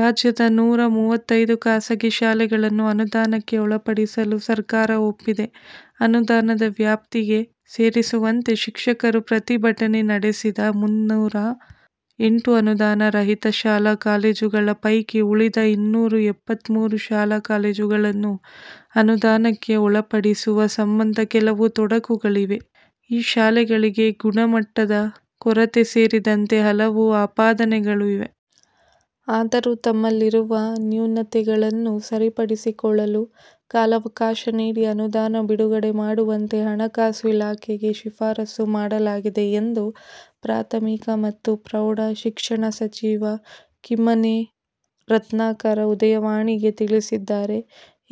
ರಾಜ್ಯದ ನೂರ ಮೂವತ್ತೈದು ಖಾಸಗಿ ಶಾಲೆಗಳನ್ನು ಅನುದಾನಕ್ಕೆ ಒಳಪಡಿಸಲು ಸರ್ಕಾರ ಒಪ್ಪಿದೆ. ಅನುದಾನದ ವ್ಯಾಪ್ತಿಗೆ ಸೇರಿಸುವಂತೆ ಶಿಕ್ಷಕರು ಪ್ರತಿಭಟನೆ ನಡೆಸಿದ್ದ ಮುನ್ನೂರ ಎಂಟು ಅನುದಾನ ರಹಿತ ಶಾಲಾ ಕಾಲೇಜುಗಳ ಪೈಕಿ ಉಳಿದ ಇನ್ನೂರ ಎಪ್ಪತ್ಮೂರು ಶಾಲಾ- ಕಾಲೇಜುಗಳನ್ನು ಅನುದಾನಕ್ಕೆ ಒಳಪಡಿಸುವ ಸಂಬಂಧ ಕೆಲವು ತೊಡಕುಗಳಿವೆ. ಈ ಶಾಲೆಗಳಲ್ಲಿ ಗುಣಮಟ್ಟದ ಕೊರತೆ ಸೇರಿದಂತೆ ಹಲವು ಆಪಾದನೆಗಳೂ ಇವೆ. ಆದರೂ ತಮ್ಮಲ್ಲಿರುವ ನ್ಯೂನತೆಗಳನ್ನು ಸರಿಪಡಿಸಿಕೊಳ್ಳಲು ಕಾಲಾವಕಾಶ ನೀಡಿ ಅನುದಾನ ಬಿಡುಗಡೆ ಮಾಡುವಂತೆ ಹಣಕಾಸು ಇಲಾಖೆಗೆ ಶಿಫಾರಸು ಮಾಡಲಾಗಿದೆ ಎಂದು ಪ್ರಾಥಮಿಕ ಮತ್ತು ಪ್ರೌಢ ಶಿಕ್ಷಣ ಸಚಿವ ಕಿಮ್ಮನೆ ರತ್ನಾಕರ '''ಉದಯವಾಣಿ''ಗೆ ತಿಳಿಸಿದ್ದಾರೆ.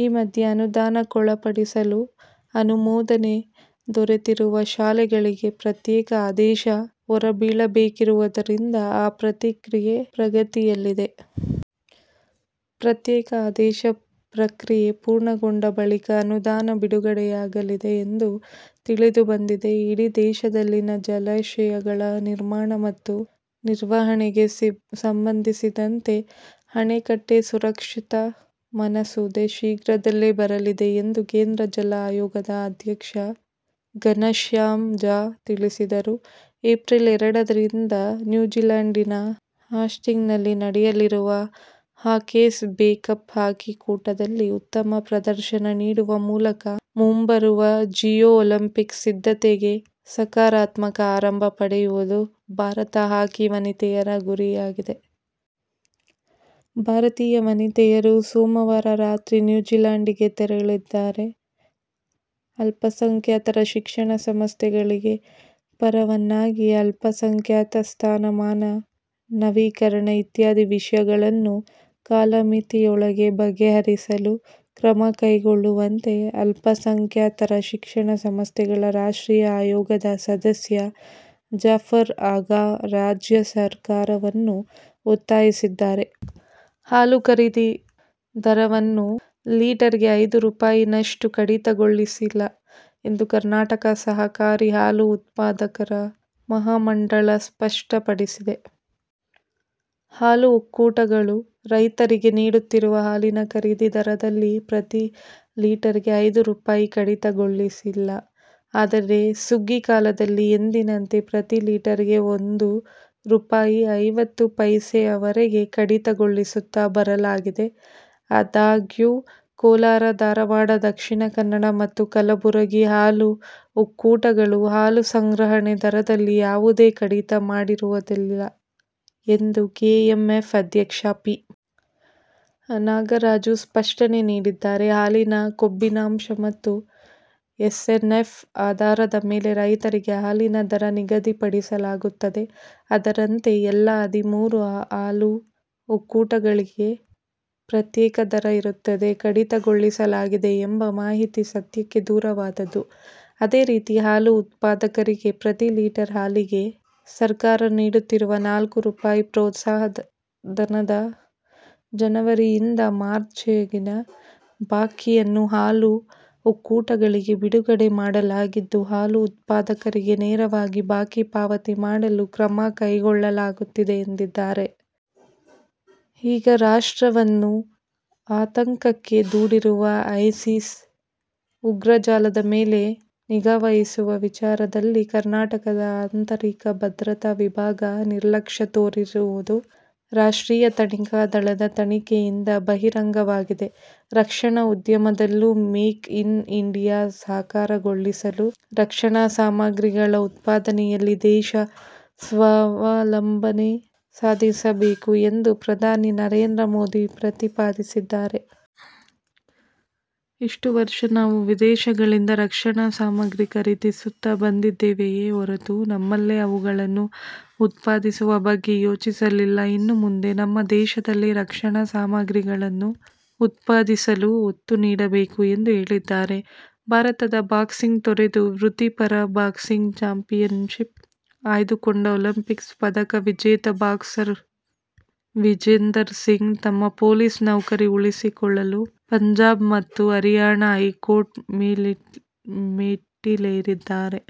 ಈ ಮಧ್ಯೆ ಅನುದಾನಕ್ಕೊಳಪಡಿಸಲು ಅನುಮೋದನೆ ದೊರೆತಿರುವ ಶಾಲೆಗಳಿಗೆ ಪ್ರತ್ಯೇಕ ಆದೇಶ ಹೊರಬೀಳಬೇಕಿರುವುದರಿಂದ ಆ ಪ್ರಕ್ರಿಯೆ ಪ್ರಗತಿಯಲ್ಲಿದೆ. ಪ್ರತ್ಯೇಕ ಆದೇಶ ಪ್ರಕ್ರಿಯೆ ಪೂರ್ಣಗೊಂಡ ಬಳಿಕ ಅನುದಾನ ಬಿಡುಗಡೆಯಾಗಲಿದೆ ಎಂದು ತಿಳಿದು ಬಂದಿದೆ. ಇಡೀ ದೇಶದಲ್ಲಿನ ಜಲಾಶಯಗಳ ನಿರ್ಮಾಣ ಮತ್ತು ನಿರ್ವಹಣೆಗೆ ಸಂಬಂಧಿಸಿದಂತೆ "ಅಣೆಕಟ್ಟೆ ಸುರಕ್ಷತಾ ಮಸೂದೆ' ಶೀಘ್ರದಲ್ಲೇ ಬರಲಿದೆ ಎಂದು ಕೇಂದ್ರ ಜಲ ಆಯೋಗದ ಅಧ್ಯಕ್ಷ ಘನಶ್ಯಾಮ್ ಝಾ ತಿಳಿಸಿದರು. ಎಪ್ರಿಲ್ ಎರಡರಿಂದ ನ್ಯೂಜಿಲ್ಯಾಂಡಿನ ಹಾಸ್ಟಿಂಗ್ಸ್ನಲ್ಲಿ ನಡೆಯಲಿರುವ ಹಾಕೆಸ್ ಬೇ ಕಪ್ ಹಾಕಿ ಕೂಟದಲ್ಲಿ ಉತ್ತಮ ಪ್ರದರ್ಶನ ನೀಡುವ ಮೂಲಕ ಮುಂಬರುವ ರಿಯೋ ಒಲಿಂಪಿಕ್ಸ್ ಸಿದ್ಧತೆಗೆ ಸಕಾರಾತ್ಮಕ ಆರಂಭ ಪಡೆಯುವುದು ಭಾರತ ಹಾಕಿ ವನಿತೆಯರ ಗುರಿಯಾಗಿದೆ. ಭಾರತೀಯ ವನಿತೆಯರು ಸೋಮವಾರ ರಾತ್ರಿ ನ್ಯೂಜಿಲ್ಯಾಂಡಿಗೆ ತೆರಳಿದ್ದಾರೆ. ಅಲ್ಪಸಂಖ್ಯಾತರ ಶಿಕ್ಷಣ ಸಂಸ್ಥೆಗಳಿಗೆ ಪರವಾನಗಿ, ಅಲ್ಪಸಂಖ್ಯಾತ ಸ್ಥಾನಮಾನ, ನವೀಕರಣ ಇತ್ಯಾದಿ ವಿಷಯಗಳನ್ನು ಕಾಲಮಿತಿಯೊಳಗೆ ಬಗೆಹರಿಸಲು ಕ್ರಮ ಕೈಗೊಳ್ಳುವಂತೆ ಅಲ್ಪಸಂಖ್ಯಾತರ ಶಿಕ್ಷಣ ಸಂಸ್ಥೆಗಳ ರಾಷ್ಟ್ರೀಯ ಆಯೋಗದ ಸದಸ್ಯ ಜಫರ್ ಆಗಾ ರಾಜ್ಯ ಸರ್ಕಾರವನ್ನು ಒತ್ತಾಯಿಸಿದ್ದಾರೆ. ಹಾಲು ಖರೀದಿ ದರವನ್ನು ಲೀಟರ್ಗೆ ಐದು ರೂಪಾಯಿ ನಷ್ಟು ಕಡಿತಗೊಳಿಸಿಲ್ಲ ಎಂದು ಕರ್ನಾಟಕ ಸಹಕಾರಿ ಹಾಲು ಉತ್ಪಾದಕರ ಮಹಾಮಂಡಳ ಸ್ಪಷ್ಟಪಡಿಸಿದೆ. ಹಾಲು ಒಕ್ಕೂಟಗಳು ರೈತರಿಗೆ ನೀಡುತ್ತಿರುವ ಹಾಲಿನ ಖರೀದಿ ದರದಲ್ಲಿ ಪ್ರತಿ ಲೀಟರ್ಗೆ ಐದು ರೂಪಾಯಿ ಕಡಿತಗೊಳಿಸಿಲ್ಲ. ಆದರೆ, ಸುಗ್ಗಿ ಕಾಲದಲ್ಲಿ ಎಂದಿನಂತೆ ಪ್ರತಿ ಲೀಟರ್ಗೆ ಒಂದು ರೂಪಾಯಿ ಐವತ್ತು ಪೈಸೆವರೆಗೆ ಕಡಿತಗೊಳಿಸುತ್ತಾ ಬರಲಾಗಿದೆ. ಅದಾಗ್ಯೂ ಕೋಲಾರ, ಧಾರವಾಡ, ದಕ್ಷಿಣ ಕನ್ನಡ ಮತ್ತು ಕಲಬುರಗಿ ಹಾಲು ಒಕ್ಕೂಟಗಳು ಹಾಲು ಸಂಗ್ರಹಣೆ ದರದಲ್ಲಿ ಯಾವುದೇ ಕಡಿತ ಮಾಡಿರುವುದಿಲ್ಲ ಎಂದು ಕೆಎಂಎಫ್ ಅಧ್ಯಕ್ಷ ಪಿ. ನಾಗರಾಜು ಸ್ಪಷ್ಟನೆ ನೀಡಿದ್ದಾರೆ. ಹಾಲಿನ ಕೊಬ್ಬಿನಾಂಶ ಮತ್ತು ಎಸ್ಎನ್ಎಫ್ ಆಧಾರದ ಮೇಲೆ ರೈತರಿಗೆ ಹಾಲಿನ ದರ ನಿಗದಿಪಡಿಸಲಾಗುತ್ತದೆ. ಅದರಂತೆ ಎಲ್ಲಾ ಹದಿಮೂರು ಹಾಲು ಒಕ್ಕೂಟಗಳಲ್ಲಿ ಪ್ರತ್ಯೇಕ ದರ ಇರುತ್ತದೆ. ಕಡಿತಗೊಳಿಸಲಾಗಿದೆ ಎಂಬ ಮಾಹಿತಿ ಸತ್ಯಕ್ಕೆ ದೂರವಾದದ್ದು. ಅದೇ ರೀತಿ ಹಾಲು ಉತ್ಪಾದಕರಿಗೆ ಪ್ರತಿ ಲೀಟರ್ ಹಾಲಿಗೆ ಸರ್ಕಾರ ನೀಡುತ್ತಿರುವ ನಾಲ್ಕು ರೂಪಾಯಿ ಪ್ರೋತ್ಸಾಹಧನದ ಜನವರಿಯಿಂದ ಮಾರ್ಚ್ವರೆಗಿನ ಬಾಕಿಯನ್ನು ಹಾಲು ಒಕ್ಕೂಟಗಳಿಗೆ ಬಿಡುಗಡೆ ಮಾಡಲಾಗಿದ್ದು, ಹಾಲು ಉತ್ಪಾದಕರಿಗೆ ನೇರವಾಗಿ ಬಾಕಿ ಪಾವತಿ ಮಾಡಲು ಕ್ರಮ ಕೈಗೊಳ್ಳಲಾಗುತ್ತಿದೆ ಎಂದಿದ್ದಾರೆ. ಈಗ ರಾಷ್ಟ್ರವನ್ನು ಆತಂಕಕ್ಕೆ ದೂಡಿರುವ ಐಸಿಸ್ ಉಗ್ರ ಜಾಲದ ಮೇಲೆ ನಿಗಾವಹಿಸುವ ವಿಚಾರದಲ್ಲಿ ಕರ್ನಾಟಕದ ಆಂತರಿಕ ಭದ್ರತಾ ವಿಭಾಗ ನಿರ್ಲಕ್ಷ್ಯ ತೋರಿರುವುದು ರಾಷ್ಟ್ರೀಯ ತನಿಖಾ ದಳದ ತನಿಖೆಯಿಂದ ಬಹಿರಂಗವಾಗಿದೆ. ರಕ್ಷಣಾ ಉದ್ಯಮದಲ್ಲೂ ಮೇಕ್ ಇನ್ ಇಂಡಿಯಾ ಸಾಕಾರಗೊಳಿಸಲು ರಕ್ಷಣಾಸಾಮಗ್ರಿಗಳ ಉತ್ಪಾದನೆಯಲ್ಲಿ ದೇಶ ಸ್ವಾವಲಂಬನೆ ಸಾಧಿಸಬೇಕು ಎಂದು ಪ್ರಧಾನಿ ನರೇಂದ್ರ ಮೋದಿ ಪ್ರತಿಪಾದಿಸಿದ್ದಾರೆ. ಇಷ್ಟು ವರ್ಷ ನಾವು ವಿದೇಶಗಳಿಂದ ರಕ್ಷಣಾ ಸಾಮಗ್ರಿ ಖರೀದಿಸುತ್ತ ಬಂದಿದ್ದೇವೆಯೇ ಹೊರತು ನಮ್ಮಲ್ಲೇ ಅವುಗಳನ್ನು ಉತ್ಪಾದಿಸುವ ಬಗ್ಗೆ ಯೋಚಿಸಲಿಲ್ಲ. ಇನ್ನು ಮುಂದೆ ನಮ್ಮ ದೇಶದಲ್ಲೇ ರಕ್ಷಣಾ ಸಾಮಗ್ರಿಗಳನ್ನು ಉತ್ಪಾದಿ ಸಲು ಒತ್ತು ನೀಡಬೇಕು ಎಂದೂ ಹೇಳಿದ್ದಾರೆ. ಭಾರತದ ಬಾಕ್ಸಿಂಗ್ ತೊರೆದು ವೃತ್ತಿ ಪರ ಬಾಕ್ಸಿಂಗ್ ಚಾಂಪಿಯನ್ಶಿಪ್ ಆಯ್ದುಕೊಂಡ ಒಲಿಂಪಿಕ್ಸ್ ಪದಕ ವಿಜೇತ ಬಾಕ್ಸರ್ ವಿಜೇಂದರ್ ಸಿಂಗ್ ತಮ್ಮ ಪೊಲೀಸ್ ನೌಕರಿ ಉಳಿಸಿಕೊಳ್ಳಲು ಪಂಜಾಬ್ ಮತ್ತು ಹರಿಯಾಣ ಹೈಕೋರ್ಟ್ ಮೆಟ್ಟಿಲೇರಿದ್ದಾರೆ.